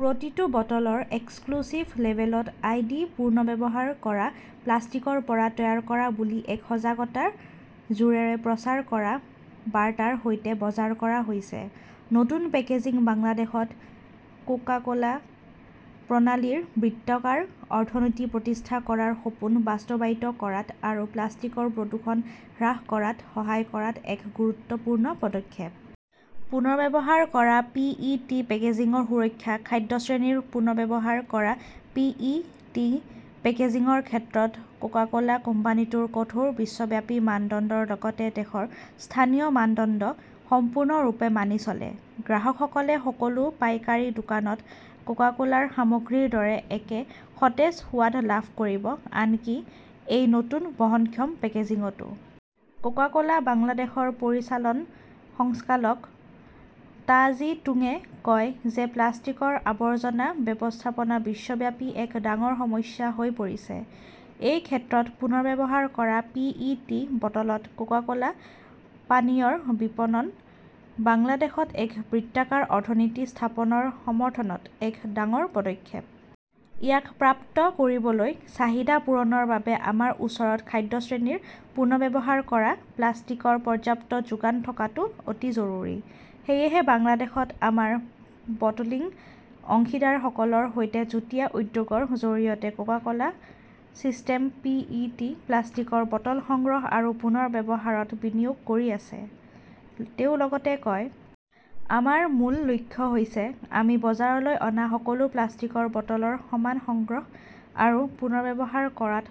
প্ৰতিটো বটলৰ এক্স্ক্লুসিভ্ লেবেলত আই. ডি. পুনৰ্ব্যৱহাৰ কৰা প্লাষ্টিকৰ পৰা তৈয়াৰ কৰা বুলি এক সজাগতাৰ জোৰেৰে প্ৰচাৰ কৰা বাৰ্তাৰ সৈতে বজাৰ কৰা হৈছে। নতুন পেকেজিং বাংলাদেশত কোকা-কোলা প্ৰণালীৰ বৃত্তাকাৰ অৰ্থনীতি প্ৰতিষ্ঠা কৰাৰ সপোন বাস্তৱায়িত কৰাত আৰু প্লাষ্টিকৰ প্ৰদূষণ হ্ৰাস কৰাত সহায় কৰাত এক গুৰুত্বপূৰ্ণ পদক্ষেপ। পুনৰ্ব্যৱহাৰ কৰা পি. ই. টি. পেকেজিংৰ সুৰক্ষা, খাদ্য-শ্ৰেণীৰ পুনৰ্ব্যৱহাৰ কৰা পি. ই. টি. পেকেজিংৰ ক্ষেত্ৰত কোকা-কোলা কোম্পানীটোৰ কঠোৰ বিশ্বব্যাপী মানদণ্ডৰ লগতে দেশৰ স্থানীয় মানদণ্ড সম্পূৰ্ণৰূপে মানি চলে। গ্ৰাহকসকলে সকলো পাইকাৰী দোকানত কোকা-কোলাৰ সামগ্ৰীৰ দৰে একে সতেজ সোৱাদ লাভ কৰিব, আনকি এই নতুন বহনক্ষম পেকেজিংতো। কোকা-কোলা বাংলাদেশৰ পৰিচালন সঞ্চালক টা জি টুংয়ে কয় যে, প্লাষ্টিকৰ আৱৰ্জনা ব্যৱস্থাপনা বিশ্বব্যাপী এক ডাঙৰ সমস্যা হৈ পৰিছে। এই ক্ষেত্ৰত পুনৰ্ব্যৱহাৰ কৰা পি. ই. টি. বটলত কোকা-কোলা পানীয়ৰ বিপণন বাংলাদেশত এক বৃত্তাকাৰ অৰ্থনীতি স্থাপনৰ সমৰ্থনত এক ডাঙৰ পদক্ষেপ। ইয়াক প্ৰাপ্ত কৰিবলৈ, চাহিদা পূৰণৰ বাবে আমাৰ ওচৰত খাদ্য-শ্ৰেণীৰ পুনৰ্ব্যৱহাৰ কৰা প্লাষ্টিকৰ পৰ্যাপ্ত যোগান থকাটো অতি জৰুৰী। সেয়েহে বাংলাদেশত আমাৰ বটলিং অংশীদাৰসকলৰ সৈতে যুটীয়া উদ্যোগৰ জৰিয়তে Coca Cola system P. E. T. প্লাষ্টিকৰ বটল সংগ্ৰহ আৰু পুনৰ্ব্যৱহাৰত বিনিয়োগ কৰি আছে, তেওঁ লগতে কয়। আমাৰ মূল লক্ষ্য হৈছে আমি বজাৰলৈ অনা সকলো প্লাষ্টিকৰ বটলৰ সমান সংগ্ৰহ আৰু পুনৰ্ব্যৱহাৰ কৰাত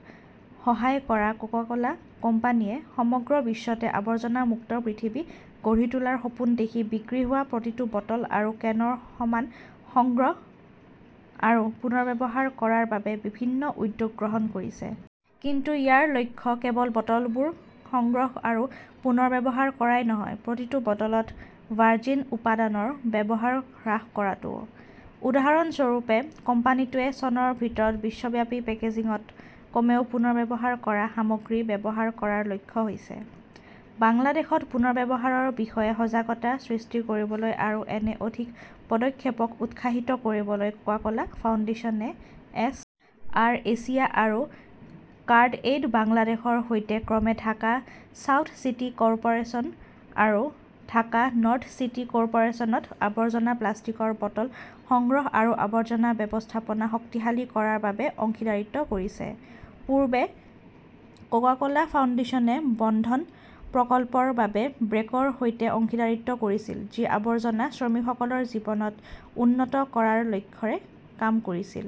সহায় কৰা কোকা-কোলা কোম্পানীয়ে সমগ্ৰ বিশ্বতে 'আৱৰ্জনামুক্ত পৃথিৱী' গঢ়ি তোলাৰ সপোন দেখি বিক্ৰী হোৱা প্ৰতিটো বটল আৰু কেনৰ সমান সংগ্ৰহ আৰু পুনৰ্ব্যৱহাৰ কৰাৰ বাবে বিভিন্ন উদ্যোগ গ্ৰহণ কৰিছে। কিন্তু ইয়াৰ লক্ষ্য কেৱল বটলবোৰ সংগ্ৰহ আৰু পুনৰ্ব্যৱহাৰ কৰাই নহয়, প্ৰতিটো বটলত ভাৰ্জিন উপাদানৰ ব্যৱহাৰ হ্ৰাস কৰাটোও। উদাহৰণস্বৰূপে, কোম্পানীটোৱে চনৰ ভিতৰত বিশ্বব্যাপী পেকেজিংত কমেও পুনৰ্ব্যৱহাৰ কৰা সামগ্ৰী ব্যৱহাৰ কৰাৰ লক্ষ্য লৈছে। বাংলাদেশত পুনৰ্ব্যৱহাৰৰ বিষয়ে সজাগতা সৃষ্টি কৰিবলৈ আৰু এনে অধিক পদক্ষেপক উৎসাহিত কৰিবলৈ কোকা-কোলা ফাউণ্ডেশ্যনে এছ. আৰ. এছিয়া আৰু কৰ্ডএইড বাংলাদেশৰ সৈতে ক্ৰমে ঢাকা চাউথ চিটি কৰ্পোৰেচন আৰু ঢাকা নৰ্থ চিটি কৰ্পোৰেছনত আৱৰ্জনা প্লাষ্টিকৰ বটল সংগ্ৰহ আৰু আৱৰ্জনা ব্যৱস্থাপনা শক্তিশালী কৰাৰ বাবে অংশীদাৰীত্ব কৰিছে। পূৰ্বতে, কোকা-কোলা ফাউণ্ডেশ্যনে বন্ধন প্ৰকল্পৰ বাবে ব্ৰেকৰ সৈতে অংশীদাৰীত্ব কৰিছিল, যি আৱৰ্জনা শ্ৰমিকসকলৰ জীৱন উন্নত কৰাৰ লক্ষ্যৰে কাম কৰিছিল।